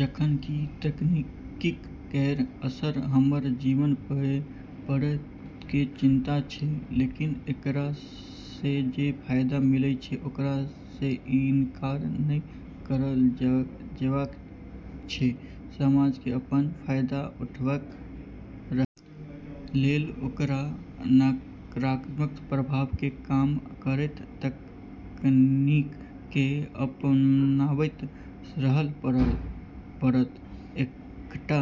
जखन कि तकनीक केरऽ असर हमरऽ जीवन पे पड़ै के चिंता छै लेकिन एकरा से जे फायदा मिलै छै ओकरा से इनकार नै करलऽ जाबे सकै छै। समाज के अपन फायदा उठाबैत रहय लेल ओकर नकारात्मक प्रभाव के कम करैत तकनीक के अपनाबैत रहय पड़त, एकटा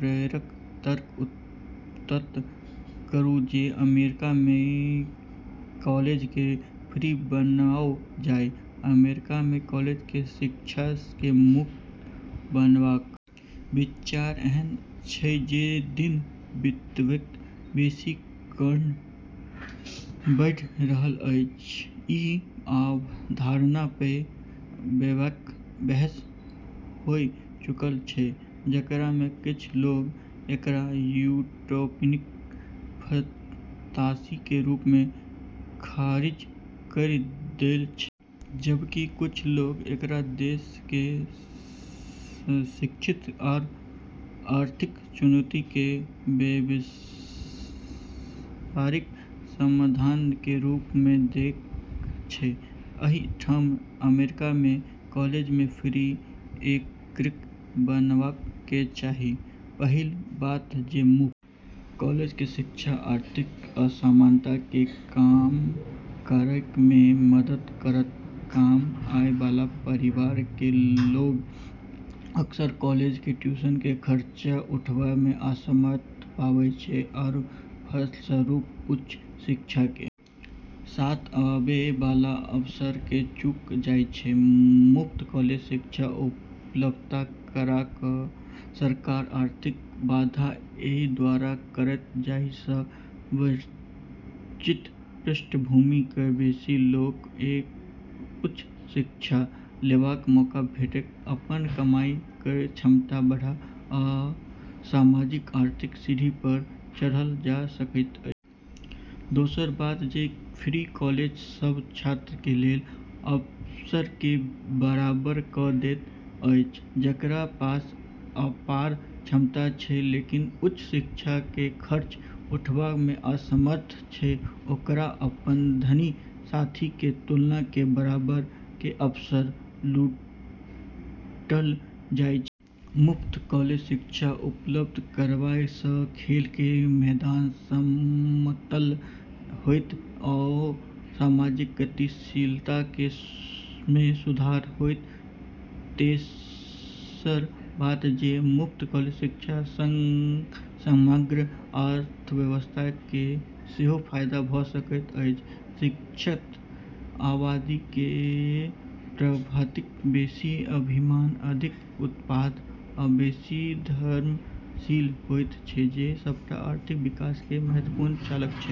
प्रेरक तर्क उत्पन्न करू जे अमेरिका में कॉलेज के फ्री बनाओल जाय, अमेरिका में कॉलेज के शिक्षा के मुफ्त बनेबाक विचार एहन अछि जे दिन बीतैत बेसी कर्षण बढ़ि रहल अछि, ई अवधारणा पे व्यापक बहस होय चुकलऽ छै जेकरा मे कुछ लोगऽ एकरा यूटोपियन फंतासी के रूप मे खारिज करी देले छै जबकि कुछ लोगऽ एकरा देश केरऽ शैक्षिक आरू आर्थिक चुनौती के व्यावहारिक समाधान के रूप मे देखै छै, एहि ठाम अमेरिका मे कॉलेज के फ्री किएक बनाबय के चाही, पहिल बात जे मुफ्त कॉलेज के शिक्षा आर्थिक असमानता के कम करय मे मदद करत, कम आय वाला परिवार के लोग अक्सर कॉलेज के ट्यूशन के खर्चा उठाबै में असमर्थ पाबै छै आरू फलस्वरूप उच्च शिक्षा के साथ आबै वाला अवसर के चूक जाय छै, मुफ्त कॉलेज शिक्षा उपलब्ध करा क सरकार आर्थिक बाधा कए दूर करत जाहि स वंचित पृष्ठभूमि क बेसी लोक कए उच्च शिक्षा लेबाक मौका भेटत, अपन कमाई क क्षमता बढ़त, आ सामाजिक आर्थिक सीढ़ी पर चढ़ल जा सकैत अछि। दोसर बात जे फ्री कॉलेज सब छात्र के लेल अवसर के बराबर क दैत अछि जेकरा पास अपार क्षमता छै लेकिन उच्च शिक्षा केरऽ खर्चा उठाबै मे असमर्थ छै ओकरा अपनऽ धनी साथी के तुलना मे बराबर के अवसर लूटलऽ जाय छै। मुफ्त कॉलेज शिक्षा उपलब्ध कराबय सं खेल के मैदान समतल होएत आओर सामाजिक गतिशीलता मे सुधार होएत, तेसर बात जे मुफ्त कॉलेज शिक्षा सं समग्र अर्थव्यवस्था के सेहो फायदा भ सकैत अछि, शिक्षित आबादी कें प्रवृत्ति बेसि अभिनव, अधिक उत्पादक आ बेसि उद्यमशील होयत छै जे सबटा आर्थिक विकास कें महत्वपूर्ण चालक छै।